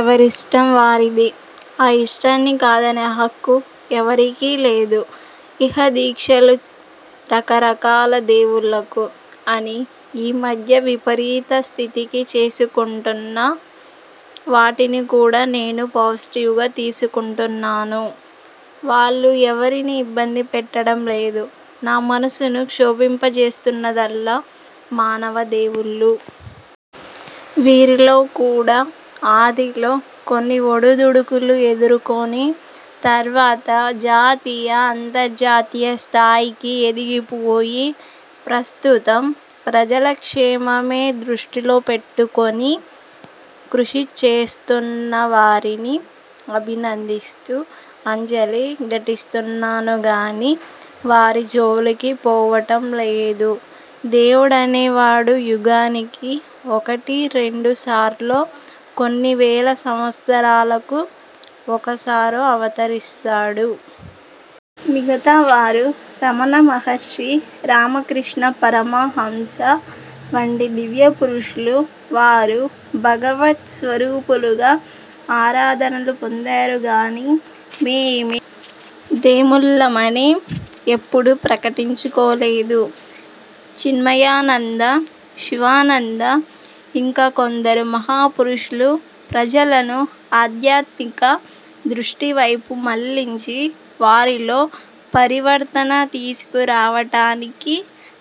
ఎవరిష్టం వారిది. ఆ ఇష్టాన్ని కాదనే హక్కు ఎవరికీ లేదు! ఇహ దీక్షలు రకరకాల దేవుళ్ళకు. అని ఈ మధ్య విపరీత స్థితికి చేసుకుంటున్నా వాటిని కూడా నేను పాజిటివ్ గా తీసుకుంటున్నాను. వాళ్ళు ఎవరినీ ఇబ్బంది పెట్టటం లేదు. నా మనసును క్షోభింపచేస్తున్నదల్లా మానవదేవుళ్ళు! వీరిలోకూడా ఆదిలో కొన్ని ఒడిదుడుకులు ఎదుర్కొని, తర్వాత జాతీయ, అంతర్జాతీయ స్థాయికి ఎదిగిపోయి, ప్రస్తుతం ప్రజల క్షేమమే దృష్టిలో పెట్టుకుని కృషి చేస్తోన్నవారిని అభినందిస్తూ అంజలి ఘటిస్తున్నాను గాని, వారి జోలికి పోవటం లేదు! దేవుడనేవాడు యుగానికి ఒకటి రెండుసార్లో, కొన్నివేల సంవత్సరాలకు ఒకసారో అవతరిస్తాడు. మిగతావరు రమణమహర్షి, రామకృష్ణ పరమహంస వంటి దివ్యపురుషులు వారు భగవత్ స్వరూపులుగా ఆరాధనలు పొందారుగాని, మేమే దేముళ్ళమని ఎప్పుడూ ప్రకటించుకోలేదు. చిన్మయానంద, శివానంద ఇంకా కొందరు మహాపురుషులు ప్రజలను ఆధ్యాత్మిక దృష్టివైపు మళ్ళించి, వారిలో పరివర్తన తీసుకురావటానికి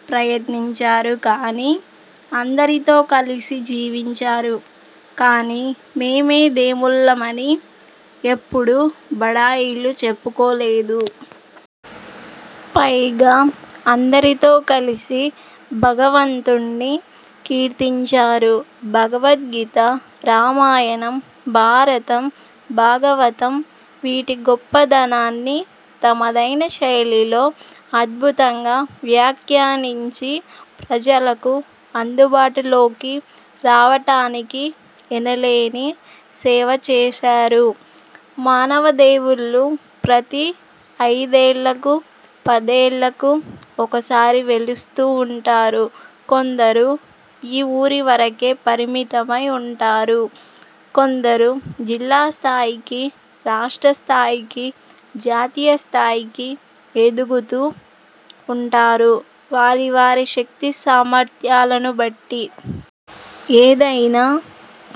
ప్రయత్నించారు కానీ, అందరితో కలిసి జీవించారు. కానీ, మేమే దేముళ్ళని ఎప్పుడూ బడాయిలు చెప్పుకోలేదు. పైగా అందరితో కలిసి భగవంతుడ్ని కీర్తించారు. భగవద్గీత, రామాయణం, భారతం, భాగవతం-వీటి గొప్పదనాన్ని తమదైన శైలిలో అద్భుతంగా వ్యాఖ్యానించి, ప్రజలకు అందుబాటులోకి రావటానికి ఎనలేని సేవ చేశారు. మానవదేవుళ్ళు ప్రతి అయిదేళ్ళకూ, పదేళ్ళకూ ఒకసారి వెలుస్తూ వుంటారు. కొందరు ఈ ఊరివరకే పరిమితమై వుంటారు. కొందరు జిల్లాస్థాయికీ, రాష్ట్రస్థాయికీ, జాతీయస్థాయికీ ఎదుగుతూ వుంటారు వారి వారి శక్తి సామర్ద్యాలను బట్టి. ఏదయినా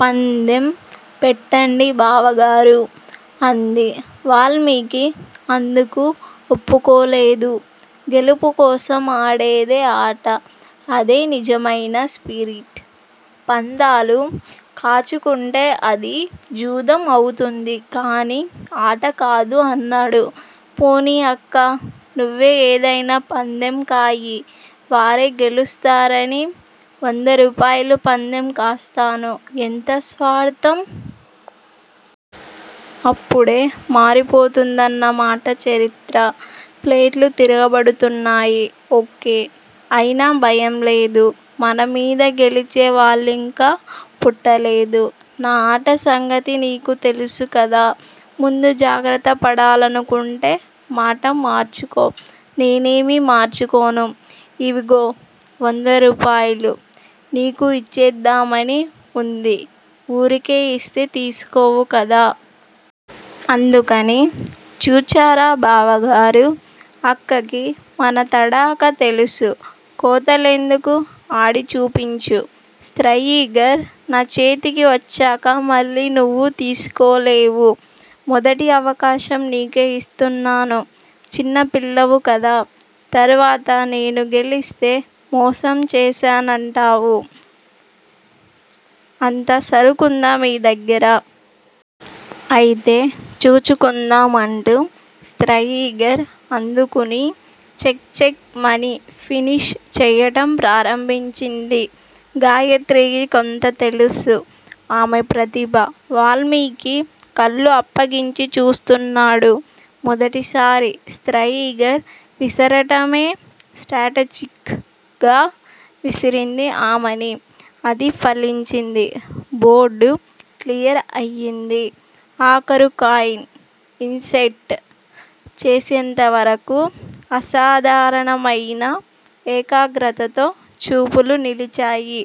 పందెం పెట్టండి బావగారూ! అంది. వాల్మీకి అందుకు ఒప్పుకోలేదు. గెలుపుకోసం ఆడేదే ఆట! అదే నిజమయిన స్పిరిట్! పందాలు కాచుకుంటే అది జూదం అవుతుంది కాని ఆటకాదు అన్నాడు, పోనీ అక్కా! నువ్వే ఏదయినా పందెం కాయి వారే గెలుస్తారని వంద రూపాయలు పందెం కాస్తాను ఎంత స్వార్ధం? అప్పుడే మారిపోతుందన్నమాట చరిత్ర! ప్లేట్లు తిరగబడుతున్నాయి! ఓకే! అయినా భయంలేదు. మనమీద గెలిచే వాళ్ళింకా పుట్టలేదు. నా ఆట సంగతి నీకు తెలుసుకదా! ముందు జాగ్రత్త పడాలనుకుంటే మాట మార్చుకో! నేనేమీ మార్చుకోను. ఇవిగో వంద రూపాయలు. నీకు యిచ్చేద్దామని ఉంది. ఊరికే యిస్తే తీసుకోవు కదా!? అందుకని. చూచారా బావగారూ! అక్కకి మన తడాఖా తెలుసు! కోతలెందుకు ఆడి చూపించు, స్త్రయిగర్ నా చేతికి వచ్చాక మళ్ళీ నువ్వు తీసుకోలేవు. మొదటి అవకాశం నీకే యిస్తున్నాను. చిన్న పిల్లవు కదా! తరువాత నేను గెలిస్తే మోసం చేశానంటావు అంత సరుకుందా మీ దగ్గర! ఐతే చూచుకుందాం అంటూ స్త్రయిగర్ అందుకుని చెక్ చెక్ మని ఫినిష్ చేయటం ప్రారంభించింది. గాయత్రికి కొంత తెలుసు ఆమె ప్రతిభ! వాల్మీకి కళ్ళు అప్పగించి చూస్తున్నాడు. మొదటిసారి స్త్రయిగర్ విసరటమే స్ట్రాటజిక్ గా విసిరింది ఆమని! అది ఫలించింది. బోర్డు క్లియర్ అయింది. ఆఖరు కాయిన్ ఇన్ సెట్ చేసేంతవరకూ అసాధారణమయిన ఏకాగ్రతతో చూపులు నిలిచాయి.